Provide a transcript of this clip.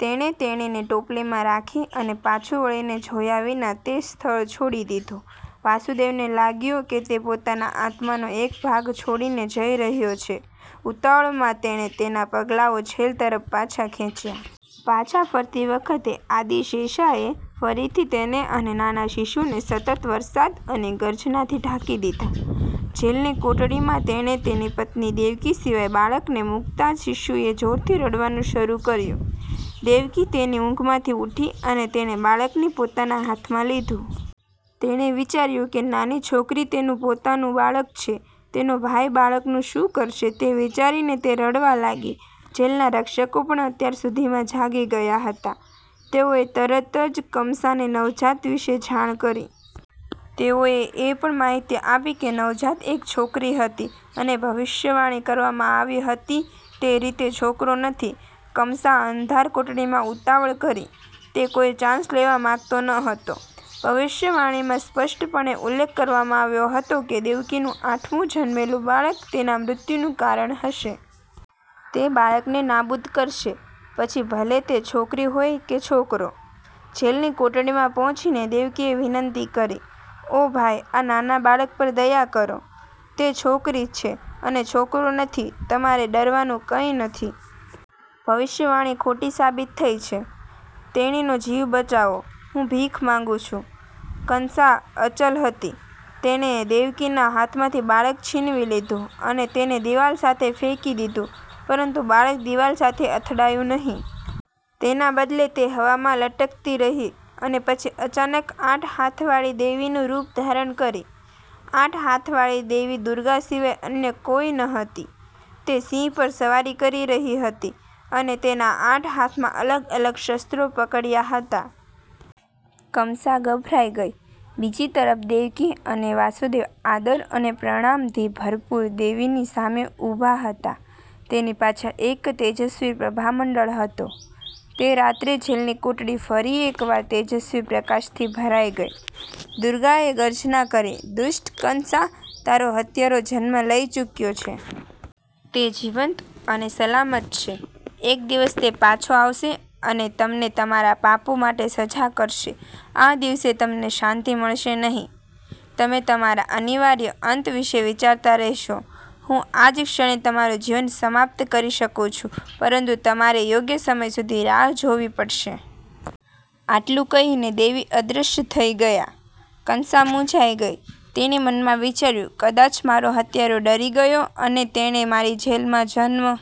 તેણે તેણીને ટોપલીમાં રાખી અને પાછું વળીને જોયા વિના તે સ્થળ છોડી દીધું. વાસુદેવને લાગ્યું કે તે પોતાના આત્માનો એક ભાગ છોડીને જઈ રહ્યો છે. ઉતાવળમાં, તેણે તેના પગલાઓ જેલ તરફ પાછા ખેંચ્યા. પાછા ફરતી વખતે, આદિ-શેષાએ ફરીથી તેને અને નાના શિશુને સતત વરસાદ અને ગર્જનાથી ઢાંકી દીધા. જેલની કોટડીમાં તેણે તેની પત્ની દેવકી સિવાય બાળકને મૂકતાં જ શિશુએ જોરથી રડવાનું શરૂ કર્યું. દેવકી તેની ઊંઘમાંથી ઉઠી અને તેણે બાળકને પોતાના હાથમાં લીધું. તેણે વિચાર્યું કે નાની છોકરી તેનું પોતાનું બાળક છે. તેનો ભાઈ બાળકનું શું કરશે તે વિચારીને તે રડવા લાગી. જેલના રક્ષકો પણ અત્યાર સુધીમાં જાગી ગયા હતા. તેઓએ તરત જ કમસાને નવજાત વિશે જાણ કરી. તેઓએ એ પણ માહિતી આપી કે નવજાત એક છોકરી હતી અને ભવિષ્યવાણી કરવામાં આવી હતી તે રીતે છોકરો નથી. કમસા અંધાર કોટડીમાં ઉતાવળ કરી. તે કોઈ ચાન્સ લેવા માંગતો ન હતો. ભવિષ્યવાણીમાં સ્પષ્ટપણે ઉલ્લેખ કરવામાં આવ્યો હતો કે દેવકીનું આઠમું જન્મેલું બાળક તેના મૃત્યુનું કારણ હશે. તે બાળકને નાબૂદ કરશે, પછી ભલે તે છોકરી હોય કે છોકરો. જેલની કોટડીમાં પહોંચીને દેવકીએ વિનંતી કરી, ઓ ભાઈ! આ નાના બાળક પર દયા કરો. તે છોકરી છે અને છોકરો નથી. તમારે ડરવાનું કંઈ નથી. ભવિષ્યવાણી ખોટી સાબિત થઈ છે. તેણીનો જીવ બચાવો. હું ભીખ માંગું છુ. કંસા અચલ હતી. તેણે દેવકીના હાથમાંથી બાળક છીનવી લીધું અને તેને દિવાલ સાથે ફેંકી દીધું. પરંતુ બાળક દિવાલ સાથે અથડાયું નહીં. તેના બદલે, તે હવામાં લટકતી રહી અને પછી અચાનક આઠ હાથવાળી દેવીનું રૂપ ધારણ કરી. આઠ હાથવાળી દેવી દુર્ગા સિવાય અન્ય કોઈ ન હતી. તે સિંહ પર સવારી કરી રહી હતી અને તેના આઠ હાથમાં અલગ-અલગ શસ્ત્રો પકડ્યા હતા. કમસા ગભરાઈ ગઈ. બીજી તરફ, દેવકી અને વાસુદેવ આદર અને પ્રણામથી ભરપૂર, દેવીની સામે ઉભા હતા. તેની પાછળ એક તેજસ્વી પ્રભામંડળ હતો. તે રાત્રે, જેલની કોટડી ફરી એકવાર તેજસ્વી પ્રકાશથી ભરાઈ ગઈ. દુર્ગાએ ગર્જના કરી, દુષ્ટ કંસા, તારો હત્યારો જન્મ લઈ ચૂક્યો છે. તે જીવંત અને સલામત છે. એક દિવસ, તે પાછો આવશે અને તમને તમારા પાપો માટે સજા કરશે. આ દિવસે, તમને શાંતિ મળશે નહીં. તમે તમારા અનિવાર્ય અંત વિશે વિચારતા રહેશો. હું આ જ ક્ષણે તમારું જીવન સમાપ્ત કરી શકું છું પરંતુ તમારે યોગ્ય સમય સુધી રાહ જોવી પડશે. આટલું કહીને દેવી અદૃશ્ય થઈ ગયા. કંસા મૂંઝાઈ ગઈ. તેણે મનમાં વિચાર્યું, કદાચ મારો હત્યારો ડરી ગયો અને તેણે મારી જેલમાં જન્મ